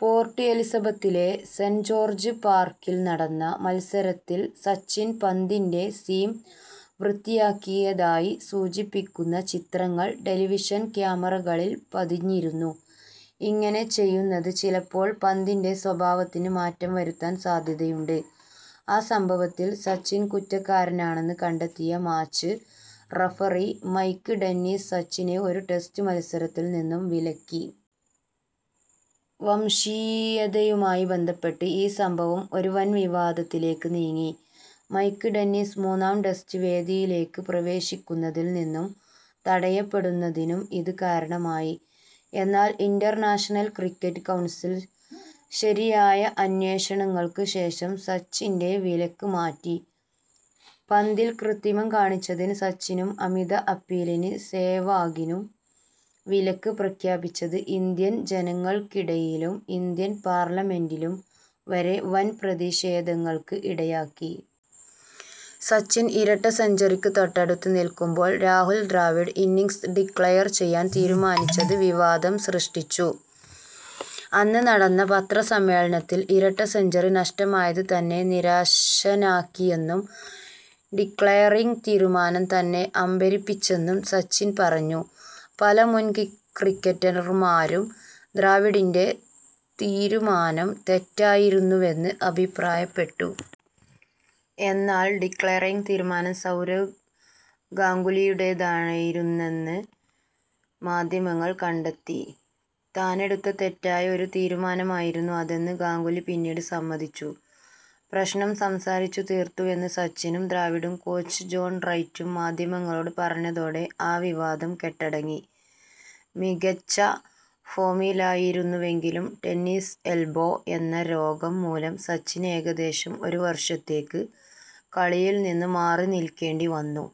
Port എലിസബത്തിലെ saint George പാർക്കിൽ നടന്ന മത്സരത്തിൽ സച്ചിൻ പന്തിന്റെ സീം വൃത്തിയാക്കിയതായി സൂചിപ്പിക്കുന്ന ചിത്രങ്ങൾ ടെലിവിഷൻ ക്യാമറകളിൽ പതിഞ്ഞിരുന്നു. ഇങ്ങനെ ചെയ്യുന്നത് ചിലപ്പോൾ പന്തിന്റെ സ്വഭാവത്തിന് മാറ്റം വരുത്താൻ സാധ്യതയുണ്ട്. ആ സംഭവത്തിൽ സച്ചിൻ കുറ്റക്കാരനാണെന്ന് കണ്ടെത്തിയ മാച്ച് റഫറി മൈക്ക് ഡെന്നിസ് സച്ചിനെ ഒരു ടെസ്റ്റ് മത്സരത്തിൽ നിന്നും വിലക്കി. വംശീയതയുമായി ബന്ധപ്പെട്ട് ഈ സംഭവം ഒരു വൻ വിവാദത്തിലേക്ക് നീങ്ങി. മൈക്ക് ഡെന്നിസ് മൂന്നാം ടെസ്റ്റ് വേദിയിലേക്ക് പ്രവേശിക്കുന്നതിൽ നിന്നും തടയപ്പെടുന്നതിനും ഇത് കാരണമായി. എന്നാൽ ഇന്റർനാഷണൽ ക്രിക്കറ്റ് കൗൺസിൽ ശരിയായ അന്വേഷണങ്ങൾക്ക് ശേഷം സച്ചിന്റെ വിലക്ക് മാറ്റി. പന്തിൽ കൃത്രിമം കാണിച്ചതിന് സച്ചിനും അമിത അപ്പീലിന് സേവാഗിനും വിലക്ക് പ്രഖ്യാപിച്ചത് ഇന്ത്യൻ ജനങ്ങൾക്കിടയിലും ഇന്ത്യൻ പാർലമെന്റിലും വരെ വൻ പ്രതിഷേധങ്ങൾക്ക് ഇടയാക്കി. സച്ചിൻ ഇരട്ട സെഞ്ച്വറിക്ക് തൊട്ടടുത്ത് നിൽക്കുമ്പോൾ രാഹുൽ ദ്രാവിഡ് ഇന്നിംങ്സ് ഡിക്ലയർ ചെയ്യാൻ തീരുമാനിച്ചത് വിവാദം സൃഷ്ടിച്ചു. അന്ന് നടന്ന പത്ര സമ്മേളനത്തിൽ ഇരട്ട സെഞ്ച്വറി നഷ്ടമായത് തന്നെ നിരാശനാക്കിയെന്നും ഡിക്ലയറിങ്ങ് തീരുമാനം തന്നെ അമ്പരപ്പിച്ചെന്നും സച്ചിൻ പറഞ്ഞു. പല മുൻക്രിക്കറ്റർമാരും ദ്രാവിഡിന്റെ തീരുമാനം തെറ്റായിരുന്നുവെന്ന് അഭിപ്രായപ്പെട്ടു.. എന്നാൽ ഡിക്ലയറിങ്ങ് തീരുമാനം സൗരവ് ഗാംഗുലിയുടേതായിരുന്നുവെന്ന് മാധ്യമങ്ങൾ കണ്ടെത്തി. താനെടുത്ത തെറ്റായ ഒരു തീരുമാനമായിരുന്നു അതെന്ന് ഗാംഗുലി പിന്നീട് സമ്മതിച്ചു. പ്രശ്നം സംസാരിച്ചു തീർത്തുവെന്ന് സച്ചിനും ദ്രാവിഡും കോച്ച് ജോൺ റൈറ്റും മാധ്യമങ്ങളോട് പറഞ്ഞതോടെ ആ വിവാദം കെട്ടടങ്ങി. മികച്ച ഫോമിലായിരുന്നുവെങ്കിലും ടെന്നീസ് എൽബോ എന്ന രോഗം മൂലം സച്ചിന് ഏകദേശം ഒരു വർഷത്തേക്ക് കളിയിൽ നിന്ന് മാറി നിൽക്കേണ്ടിവന്നു.